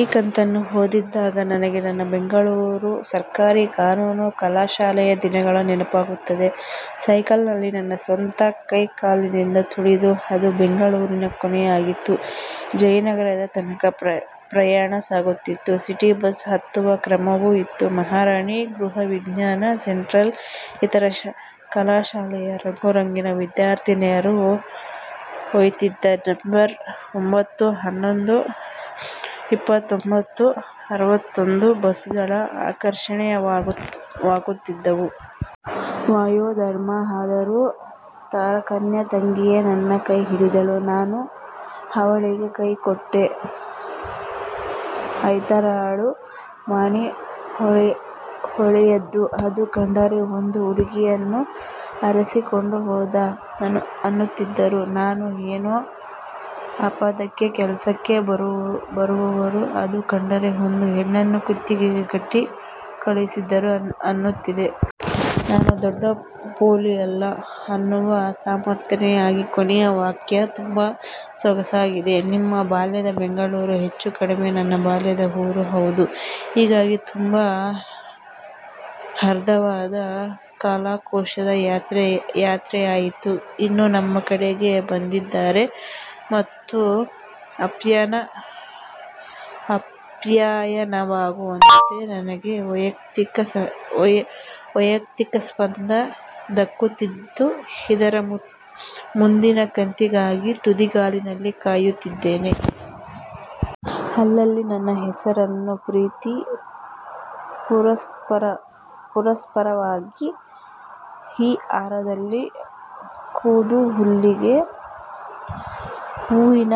ಈ ಕಂತನ್ನು ಓದುತ್ತಿದ್ದಾಗ ನನಗೆ ನನ್ನ ಬೆಂಗಳೂರು ಸರಕಾರಿ ಕಾನೂನು ಕಲಾಶಾಲೆಯ ದಿನಗಳು ನೆನಪಾಗುತ್ತವೆ. ಸೈಕಲ್ಲಿನಲ್ಲಿ ನನ್ನ ಸ್ವಂತ ಕೈಕಾಲಿನಿಂದ ತುಳಿದು ಅಂದು ಬೆಂಗಳೂರಿನ ಕೊನೆಯಾಗಿದ್ದ ಜಯನಗರದ ತನಕ ಪ್ರಯಾಣ ಸಾಗುತ್ತಿತ್ತು. ಸಿಟಿ ಬಸ್ಸು ಹತ್ತುವ ಕ್ರಮವೂ ಇತ್ತು. ಮಹಾರಾಣಿ, ಗೃಹವಿಜ್ನಾನ, ಸೆಂಟ್ರಲ್ ಇತರ ಕಲಾಶಾಲೆಯ ರಂಗು ರಂಗಿನ ವಿದ್ಯಾರ್ಥಿನಿಯರನ್ನು ಒಯ್ಯುತ್ತಿದ್ದ ನಂಬರ್ ಒಂಭತ್ತು, ಹನ್ನೊಂದು, ಇಪ್ಪತ್ತೊಂದು, ಅರವತ್ತೊಂದು ಬಸ್ಸುಗಳು ಆಕರ್ಷಣೀಯವಾಗಿದ್ದುವು. ವಯೋ ಧರ್ಮ. ಆದರೂ ತಾರಕ್ಕನ ತಂಗಿಯೆ ನನ್ನ ಕೈಹಿಡಿದಳು ನಾನು ಅವಳಿಗೆ ಕೈ ಕೊಟ್ಟೆ. ಐತಾಳರು "ಮಾಣಿ ಒಳ್ಲೆಯದು ಅಂದು ಕೊಂಡರೆ ಒಂದು ಹುಡುಗಿಯನ್ನು ಹಾರಿಸಿ ಕೊಂಡು ಹೋದ" ಅನ್ನುತ್ತಿದ್ದರು. ನಾನು "ಏನೋ ಆಪದಕ್ಕೆ ಕೆಲಸಕ್ಕೆ ಬರುವವರು ಅಂದು ಕೊಂಡರೆ ಒಂದು ಹೆಣ್ಣನ್ನು ಕುತ್ತಿಗೆಗೆ ಕಟ್ಟಿ ಕಳುಹಿಸಿದರು ಅನ್ನುತ್ತಿದ್ದೆ. ನಾನು ದೊಡ್ಡ ಪೊಲಿಯಲ್ಲ ಅನ್ನುವ ಸಮರ್ಥನೆಗಾಗಿ, ಕೊನೆಯ ವಾಕ್ಯ. ತುಂಬ ಸೊಗಸಾಗಿದೆ. ನಿಮ್ಮ ಬಾಲ್ಯದ ಬೆಂಗಳೂರು ಹೆಚ್ಚು ಕಡಿಮೆ ನನ್ನ ಬಾಲ್ಯದ ಊರೂ ಹೌದು. ಹೀಗಾಗಿ ತುಂಬ ಹಾರ್ದವಾದ ಕಾಲಕೋಶದ ಯಾತ್ರೆಯಾಯಿತು. ಇನ್ನೂ ನಮ್ಮ ಕಡೆಗೆ ಬಂದಿದ್ದರೆ ಮತ್ತೂ ಆಪ್ಯಾಯನವಾಗುವಂತೆ ನನಗೆ ವೈಯಕ್ತಿಕಸ್ಪಂದ ದಕ್ಕುತ್ತಿತ್ತುಇದರ ಮುಂದಿನ ಕಂತಿಗಾಗಿ ತುದಿಗಾಲಿನಲ್ಲಿ ಕಾಯುತ್ತಿದ್ದೇನೆ. ಅಲ್ಲಲ್ಲಿ ನನ್ನ ಹೆಸರನ್ನೂ ಪ್ರೀತಿ ಪುರಸ್ಸರವಾಗಿ ಈ ಹಾರದಲ್ಲಿ ಕೋದು ಹುಲ್ಲಿಗೆ ಹೂವಿನ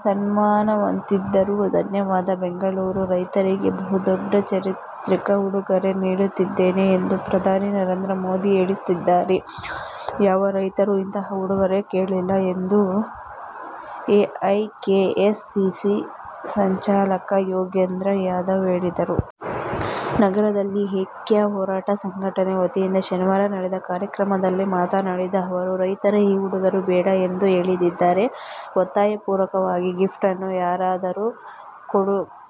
ಸುಮ್ಮಾನವನ್ನಿತ್ತಿದ್ದೀರಿ; ಧನ್ಯವಾದ. ಬೆಂಗಳೂರು: 'ರೈತರಿಗೆ ಬಹುದೊಡ್ಡ ಚಾರಿತ್ರಿಕ ಉಡುಗೊರೆ ನೀಡುತ್ತಿದ್ದೇನೆ ಎಂದು ಪ್ರಧಾನಿ ನರೇಂದ್ರ ಮೋದಿ ಹೇಳುತ್ತಿದ್ದಾರೆ. ಯಾವ ರೈತರೂ ಇಂತಹ ಉಡುಗೊರೆ ಕೇಳಿಲ್ಲ' ಎಂದು ಎಐಕೆಎಸ್ ಸಿಸಿ ಸಂಚಾಲಕ ಯೋಗೇಂದ್ರ ಯಾದವ್ ಹೇಳಿದರು. ನಗರದಲ್ಲಿ 'ಐಕ್ಯ ಹೋರಾಟ' ಸಂಘಟನೆಯ ವತಿಯಿಂದ ಶನಿವಾರ ನಡೆದ ಕಾರ್ಯಕ್ರಮದಲ್ಲಿ ಮಾತನಾಡಿದ ಅವರು, 'ರೈತರೇ ಈ ಉಡುಗೊರೆ ಬೇಡ ಎಂದು ಹೇಳುತ್ತಿದ್ದಾರೆ. ಒತ್ತಾಯಪೂರ್ವಕವಾಗಿ ಗಿಫ್ಟ್ ಅನ್ನು ಯಾರಾದರೂ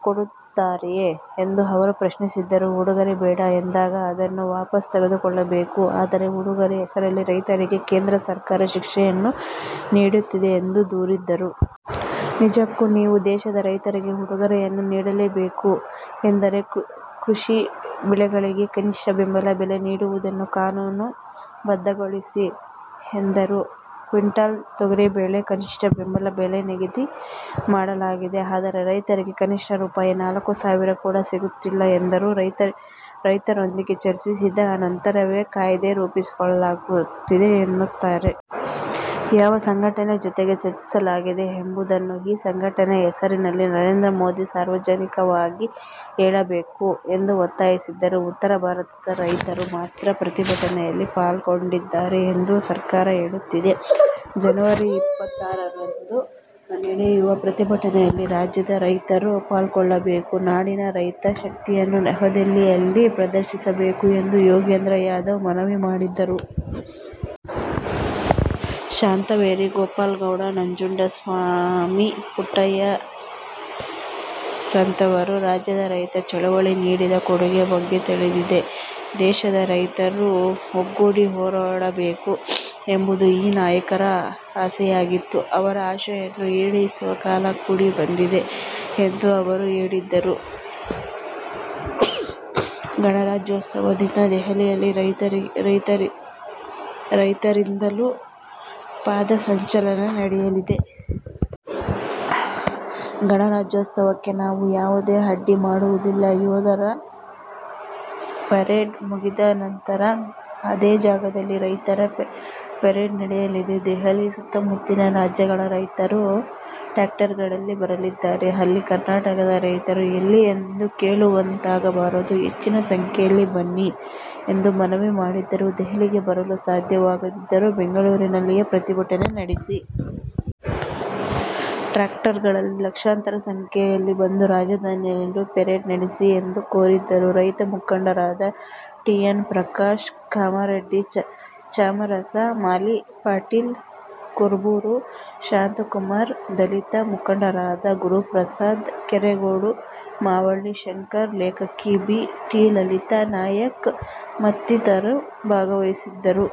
ಕೊಡುತ್ತಾರೆಯೇ' ಎಂದು ಅವರು ಪ್ರಶ್ನಿಸಿದರು. 'ಉಡುಗೊರೆ ಬೇಡ ಎಂದಾಗ ಅದನ್ನು ವಾಪಸ್ ತೆಗೆದುಕೊಳ್ಳಬೇಕು. ಆದರೆ, ಉಡುಗೊರೆ ಹೆಸರಲ್ಲಿ ರೈತರಿಗೆ ಕೇಂದ್ರ ಸರ್ಕಾರ ಶಿಕ್ಷೆಯನ್ನೇ ನೀಡುತ್ತಿದೆ' ಎಂದು ದೂರಿದರು. 'ನಿಜಕ್ಕೂ ನೀವು ದೇಶದ ರೈತರಿಗೆ ಉಡುಗೊರೆಯನ್ನು ನೀಡಲೇಬೇಕು ಎಂದರೆ ಕೃಷಿ ಬೆಳೆಗಳಿಗೆ ಕನಿಷ್ಠ ಬೆಂಬಲ ಬೆಲೆ ನೀಡುವುದನ್ನು ಕಾನೂನು ಬದ್ಧಗೊಳಿಸಿ' ಎಂದರು. ಕ್ವಿಂಟಲ್ ತೊಗರಿಬೇಳೆಗೆ ಕನಿಷ್ಠ ಬೆಂಬಲ ಬೆಲೆ ನಿಗದಿ ಮಾಡಲಾಗಿದೆ. ಆದರೆ, ರೈತರಿಗೆ ಕನಿಷ್ಠ ರೂಪಾಯಿ ನಾಲ್ಕು ಸಾವಿರ ಕೂಡ ಸಿಗುತ್ತಿಲ್ಲ' ಎಂದರು. 'ರೈತರೊಂದಿಗೆ ಚರ್ಚಿಸಿದ ನಂತರವೇ ಕಾಯ್ದೆ ರೂಪಿಸಲಾಗಿದೆ ಎನ್ನುತ್ತಾರೆ. ಯಾವ ಸಂಘಟನೆ ಜೊತೆಗೆ ಚರ್ಚಿಸಲಾಗಿದೆ ಎಂಬುದನ್ನು, ಆ ಸಂಘಟನೆಯ ಹೆಸರನ್ನು ನರೇಂದ್ರ ಮೋದಿ ಸಾರ್ವಜನಿಕವಾಗಿ ಹೇಳಬೇಕು' ಎಂದು ಒತ್ತಾಯಿಸಿದರು. 'ಉತ್ತರ ಭಾರತದ ರೈತರು ಮಾತ್ರ ಪ್ರತಿಭಟನೆಯಲ್ಲಿ ಪಾಲ್ಗೊಂಡಿದ್ದಾರೆ ಎಂದು ಸರ್ಕಾರ ಹೇಳುತ್ತಿದೆ. ಜನವರಿ ಇಪ್ಪತ್ತಾರರಂದು ನಡೆಯುವ ಪ್ರತಿಭಟನೆಯಲ್ಲಿ ರಾಜ್ಯದ ರೈತರೂ ಪಾಲ್ಗೊಳ್ಳಬೇಕು. ನಾಡಿನ ರೈತ ಶಕ್ತಿಯನ್ನು ನವದೆಹಲಿಯಲ್ಲಿ ಪ್ರದರ್ಶಿಸಬೇಕು' ಎಂದು ಯೋಗೇಂದ್ರ ಯಾದವ್ ಮನವಿ ಮಾಡಿದರು. 'ಶಾಂತವೇರಿ ಗೋಪಾಲಗೌಡರು, ನಂಜುಂಡಸ್ವಾಮಿ, ಪುಟ್ಟಣ್ಣಯ್ಯರಂಥವರು ರಾಜ್ಯದ ರೈತ ಚಳವಳಿಗೆ ನೀಡಿದ ಕೊಡುಗೆ ಬಗ್ಗೆ ತಿಳಿದಿದೆ. ದೇಶದ ರೈತರು ಒಗ್ಗೂಡಿ ಹೋರಾಡಬೇಕು ಎಂಬುದು ಈ ನಾಯಕರ ಆಸೆಯಾಗಿತ್ತು. ಅವರ ಆಶಯವನ್ನು ಈಡೇರಿಸುವ ಕಾಲ ಕೂಡಿ ಬಂದಿದೆ' ಎಂದೂ ಅವರು ಹೇಳಿದರು. 'ಗಣರಾಜ್ಯೋತ್ಸವ ದಿನ ದೆಹಲಿಯಲ್ಲಿ ರೈತರಿಂದಲೂ ಪಥಸಂಚಲನ ನಡೆಯಲಿದೆ. ಗಣರಾಜ್ಯೋತ್ಸವಕ್ಕೆ ನಾವು ಯಾವುದೇ ಅಡ್ಡಿ ಮಾಡುವುದಿಲ್ಲ. ಯೋಧರ ಪರೇಡ್ ಮುಗಿದ ನಂತರ, ಅದೇ ಜಾಗದಲ್ಲಿ ರೈತರ ಪರೇಡ್ ನಡೆಯಲಿದೆ. ದೆಹಲಿಯ ಸುತ್ತ–ಮುತ್ತಲಿನ ರಾಜ್ಯಗಳ ರೈತರು ಟ್ರ್ಯಾಕ್ಟರ್ಗಳಲ್ಲಿ ಬರಲಿದ್ದಾರೆ. ಅಲ್ಲಿ ಕರ್ನಾಟಕದ ರೈತರು ಎಲ್ಲಿ ಎಂದು ಕೇಳುವಂತಾಗಬಾರದು. ಹೆಚ್ಚಿನ ಸಂಖ್ಯೆಯಲ್ಲಿ ಬನ್ನಿ' ಎಂದು ಮನವಿ ಮಾಡಿದರು. 'ದೆಹಲಿಗೆ ಬರಲು ಸಾಧ್ಯವಾಗದವರು ಬೆಂಗಳೂರಿನಲ್ಲಿಯೇ ಪ್ರತಿಭಟನೆ ನಡೆಸಿ. ಟ್ರ್ಯಾಕ್ಟರ್ಗಳಲ್ಲಿ ಲಕ್ಷಾಂತರ ಸಂಖ್ಯೆಯಲ್ಲಿ ಬಂದು ರಾಜಧಾನಿಯಲ್ಲಿಯೂ ಪರೇಡ್ ನಡೆಸಿ' ಎಂದು ಕೋರಿದರು. ರೈತ ಮುಖಂಡರಾದ ಟಿ. ಎನ್. ಪ್ರಕಾಶ್ ಕಮ್ಮರಡಿ, ಚಾಮರಸ ಮಾಲಿಪಾಟೀಲ, ಕುರಬೂರು ಶಾಂತಕುಮಾರ್, ದಲಿತ ಮುಖಂಡರಾದ ಗುರುಪ್ರಸಾದ್ ಕೆರೆಗೋಡು, ಮಾವಳ್ಳಿ ಶಂಕರ್, ಲೇಖಕಿ ಬಿ. ಟಿ. ಲಲಿತಾ ನಾಯಕ್ ಮತ್ತಿತರರು ಭಾಗವಹಿಸಿದರು.